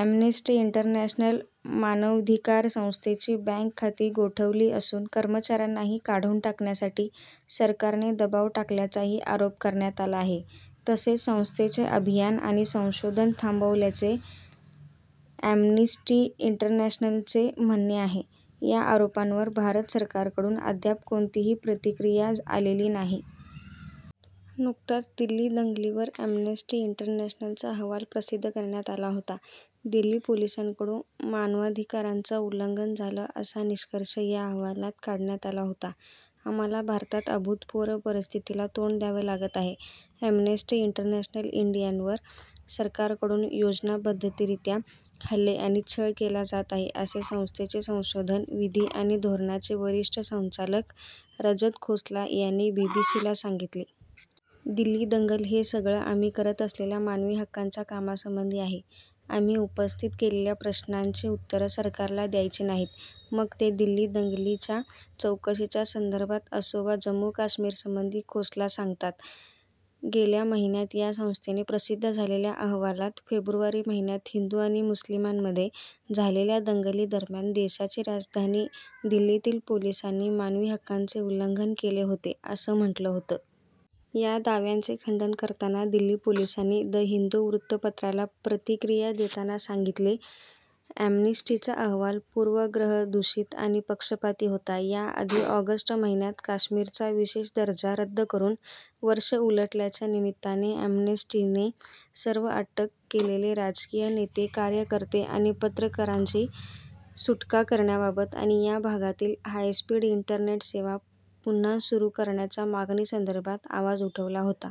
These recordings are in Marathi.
अॅम्नेस्टी इंटरनॅशनल मानवाधिकार संस्थेची बँक खाती गोठवली असून कर्मचाऱ्यांनाही काढून टाकण्यासाठी सरकारने दबाव टाकल्याचाही आरोप करण्यात आला आहे. तसेच संस्थेचे अभियान आणि संशोधन थांबवल्याचे अॅम्नेस्टी इंटरनॅशनलचे म्हणणे आहे. या आरोपांवर भारत सरकारकडून अद्याप कोणतीही प्रतिक्रिया आलेली नाही. नुकताच दिल्ली दंगलीवर अॅम्नेस्टी इंटरनॅशलचा अहवाल प्रसिद्ध करण्यात आला होता. दिल्ली पोलिसांकडून मानवाधिकारांचं उल्लंघन झालं असा निष्कर्ष या अहवालात काढण्यात आला होता. आम्हाला भारतात अभूतपूर्व परिस्थितीला तोंड द्यावं लागत आहे. अॅम्नेस्टी इंटरनॅशनल इंडियावर सरकारकडून योजनाबद्धरीत्या हल्ले आणि छळ केला जात आहे असे संस्थेचे संशोधन, विधी आणि धोरणाचे वरिष्ठ संचालक रजत खोसला यांनी बीबीसीला सांगितले. दिल्ली दंगल हे सगळं आम्ही करत असलेल्या मानवी हक्कांच्या कामासंबधी आहे. आम्ही उपस्थित केलेल्या प्रश्नांची उत्तरं सरकारला द्यायची नाहीत. मग ते दिल्ली दंगलीच्या चौकशीच्या संदर्भात असो वा जम्मू-काश्मीरसंबंधी खोसला सांगतात. गेल्या महिन्यात या संस्थेने प्रसिद्ध झालेल्या अहवालात फेब्रुवारी महिन्यात हिंदू आणि मुस्लिमांमध्ये झालेल्या दंगलीदरम्यान देशाची राजधानी दिल्लीतील पोलिसांनी मानवी हक्कांचे उल्लंघन केले होते असं म्हटलं होतं. या दाव्यांचे खंडन करताना दिल्ली पोलिसांनी 'द हिंदू' वृत्तपत्राला प्रतिक्रिया देताना सांगितले अॅम्नेस्टीचा अहवाल पूर्वग्रहदूषित आणि पक्षपाती होता. याआधी ऑगस्ट महिन्यात काश्मीरचा विशेष दर्जा रद्द करून वर्ष उलटल्याच्या निमित्ताने अॅम्नेस्टीने सर्व अटक केलेले राजकीय नेते, कार्यकर्ते आणि पत्रकरांची सुटका करण्याबाबत आणि या भागातील हायस्पीड इंटरनेट सेवा पुन्हा सुरू करण्याच्या मागणीसंदर्भात आवाज उठवला होता.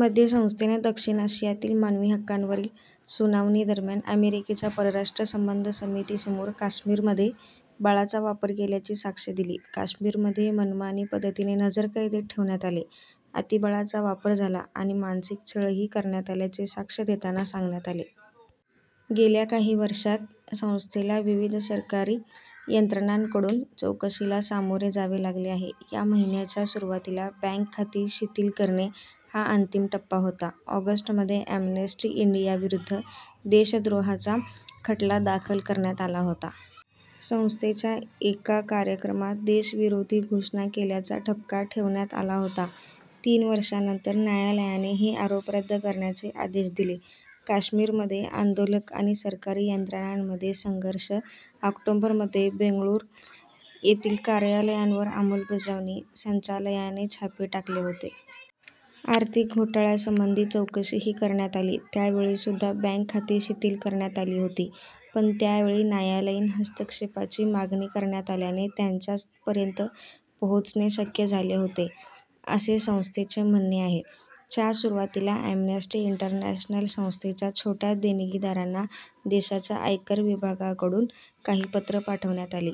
मध्ये संस्थेने दक्षिण आशियातील मानवी हक्कांवरील सुनावणीदरम्यान अमेरिकेच्या परराष्ट्र संबंध समितीसमोर काश्मीरमध्ये बळाचा वापर केल्याची साक्ष दिली. काश्मीरमध्ये मनमानी पद्धतीने नजरकैदेत ठेवण्यात आले, अतिबळाचा वापर झाला आणि मानसिक छळही करण्यात आल्याचे साक्ष देताना सांगण्यात आले. गेल्या काही वर्षांत संस्थेला विविध सरकारी यंत्रणांकडून चौकशीला सामोरे जावे लागले आहे. या महिन्याच्या सुरुवातीला बँक खाती शिथिल करणे हा अंतिम टप्पा होता. ऑगस्ट मध्ये अॅम्नेस्टी इंडियाविरुद्ध देशद्रोहाचा खटला दाखल करण्यात आला होता. संस्थेच्या एका कार्यक्रमात देशविरोधी घोषणा केल्याचा ठपका ठेवण्यात आला होता. तीन वर्षांनंतर न्यायालयाने हे आरोप रद्द करण्याचे आदेश दिले. काश्मीरमध्ये आंदोलक आणि सरकारी यंत्रणांमध्ये संघर्ष ऑक्टोबर मध्ये बेंगळुरू येथील कार्यालयांवर अंमलबजावणी संचालनालयाने छापे टाकले होते. आर्थिक घोटाळ्यासंबंधी चौकशीही करण्यात आली. त्यावेळी सुद्धा बँक खाती शिथिल करण्यात आली होती. पण त्यावेळी न्यायालयीन हस्तक्षेपाची मागणी करण्यात आल्याने त्यांच्यापर्यंत पोहचणे शक्य झाले होते असे संस्थेचे म्हणणे आहे. च्या सुरुवातीला अॅम्नेस्टी इंटरनॅशनल संस्थेच्या छोट्या देणगीदारांना देशाच्या आयकर विभागाकडून काही पत्र पाठवण्यात आली.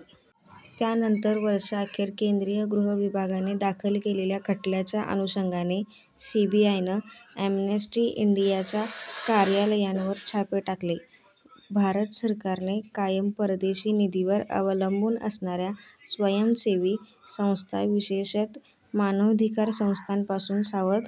त्यानंतर वर्षाअखेर केंद्रीय गृह विभागाने दाखल केलेल्या खटल्याच्या अनुषंगाने सीबीआयनं अॅम्नेस्टी इंडियाच्या कार्यालयांवर छापे टाकले. भारत सरकारने कायम परदेशी निधीवर अवलंबून असणाऱ्या स्वयंसेवी संस्था विशेषत मानवाधिकार संस्थांपासून सावध